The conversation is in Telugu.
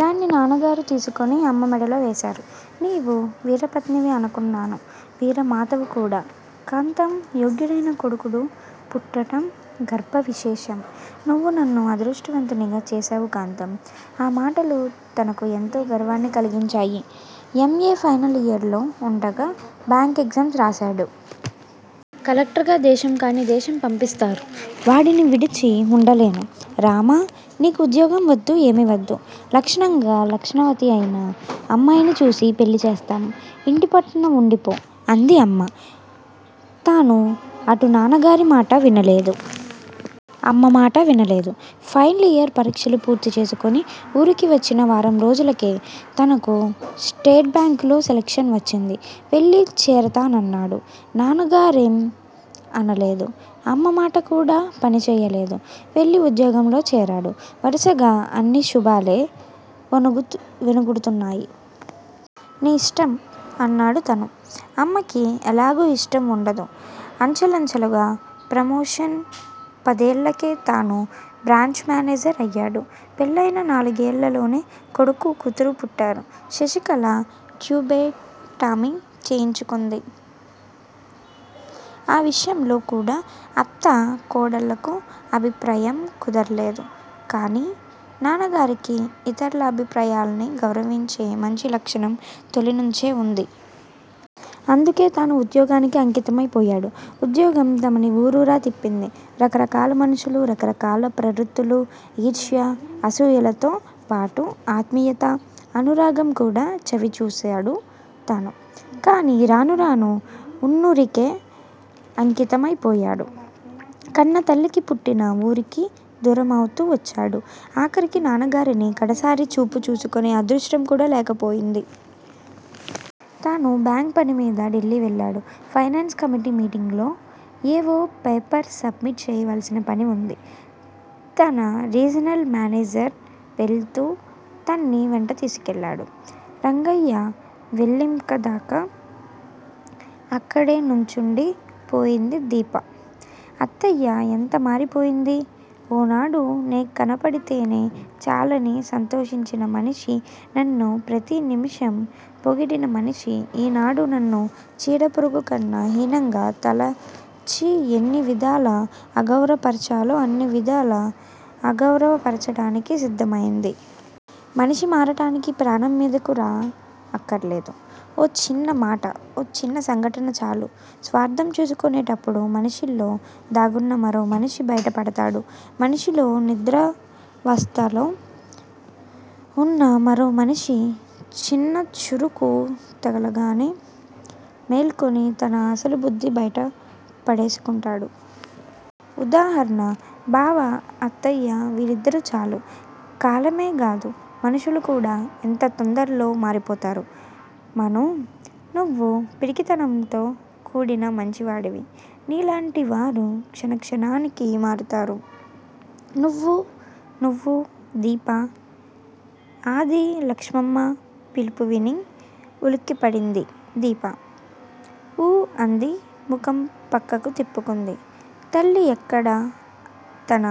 దాన్ని నాన్నగారు తీసుకుని అమ్మ మెడలో వేశారు! నీవు వీరపత్నివే అనుకొన్నాను వీరమాతావు కూడా! కాంతం! యోగ్యుడైన కొడుడు పుట్టటం గర్భ విశేషం నువు నన్ను అదృష్టవంతుడిని చేశావు కాంతం ఆ మాటలు తనకు ఎంతో గర్వాన్ని కలిగించాయి. ఎంఏ ఫైనలియర్ లో వుండగా బ్యాంక్ ఎగ్జామ్స్ రాశాడు! కలెక్టర్ గా దేశం కానీ దేశం పంపిస్తారు. వాడిని విడిచి వుండలేను. రామా! నీకు ఉద్యోగం వద్దు ఏమి వద్దు లక్షణంగా లక్షణవతి అయిన అమ్మాయిని చూసి పెళ్ళి చేస్తాం. ఇంటి పట్టున వుండిపో అంది అమ్మ. తను అటూ నాన్న గారి మాట వినలేదు. అమ్మ మాట వినలేదు. ఫైనలియర్ పరిక్షలు పూర్తి చేసుకుని ఊరికి వచ్చిన వారం రోజులకే తనకు స్టేట్ బ్యాంక్ లో సెలక్షన్ వచ్చింది. వెళ్ళి చేరతానన్నాడు. నాన్నగారేం అనలేదు. అమ్మ మాట కూడా పని చేయలేదు. వెళ్ళి ఉద్యోగంలో చేరాడు వరుసగా అన్ని శుభాలే ఒనగుడుతున్నాయి. నీ ఇష్టం! అన్నాడు తను అమ్మకి ఎలాగూ ఇష్టం వుండదు. అంచెలంచెలుగా ప్రమోషన్ పదేళ్ళకే తను బ్రాంచి మేనేజర్ అయ్యాడు. పెళ్ళయిన నాలుగేళ్ళలోనే కొడుకు కూతురు పుట్టారు. శశికళ ట్యుబేక్టమి చేయించుకుంది. ఆ విషయంలో కూడా అత్తా కోడళ్ళకి అభిప్రాయాలు కుదరలేదు. కానీ నాన్నగారికి ఇతర్ల అభిప్రాయాలని గౌరవించే మంచి లక్షణం తొలి నుంచే వుంది. అందుకే తను ఉద్యోగానికి అంకితమై పోయాడు. ఉద్యోగం తమని ఊరూరా తిప్పింది. రకరకాల మనుషులు. రకరకాల ప్రవృత్తులు ఈర్ష్య, అసుయలతో పాటు ఆత్మీయత, అనురాగం కూడా చవి చూశాడు తను. కానీ రాను రానూ వున్నురికే అంకితమైపోయాడు. కన్నతల్లికి పుట్టిన ఊరికి దూరమవుతూ వచ్చాడు. ఆఖరికి నాన్నగారిని కడసారి చూపు చూసుకునే అదృష్టం కూడా లేకపోయింది. తను బ్యాంక్ పని మీద డిల్లి వెళ్ళాడు. పైనాన్స్ కమిటి మీటింగ్ లో ఏవో పేపర్స్ సబ్మిట్ చేయవలసిన పని వుంది. తన రీజనల్ మేనేజర్ వెళుతూ తన్ని వెంట తీసుకెళ్ళాడు. రంగయ్య వెళ్ళిందాకా అక్కడే నుంచుండి పోయింది దీప. అత్తయ్య ఎంత మారిపోయింది. ఓనాడు నే కనపడితేనే చాలని సంతోషించిన మనిషి నన్ను ప్రతి నిమిషం పొగిడిన మనిషి ఈనాడు నన్ను చీడ పురుగుకన్నా హీనంగా తలచి ఎన్ని విధాల అగౌరపర్చాలో అన్ని విధాలా అగౌర పర్చటానికి సిద్ధం అయింది. మనిషి మారటానికి ప్రాణం మీదకు రా అక్కరలేదు. ఓ చిన్నమాట, ఓ చిన్న సంఘటన చాలు. స్వార్ధం చూసుకునేటప్పుడు మనిషిలో దాగున్న మరో మనిషి బైట పడతాడు. మనిషిలో నిద్రావస్తలో వున్న మరో మనిషి చిన్న చురుకు తగలంగానే మేల్కొని తన అసలు బుద్ధి బైట పడేసుకుంటాడు. ఉదాహరణ బావ, అత్తయ్య వీళ్ళిద్దరూ చాలు. కాలమే గాదు మనుషులు కూడా ఎంత తొందరలో మారిపోతారు. మనూ! నువ్వు పిరికితనంతో కూడిన మంచివాడివి. నీలాంటి వారు క్షణక్షణానికి మారుతారు. నువ్వు నువ్వు దీపా! ఆది లక్ష్మమ్మ పిలుపువిని ఉలిక్కిపడింది దీప. ఊ అంది ముఖం పక్కకు తిప్పుకుంది. తల్లి ఎక్కడ తన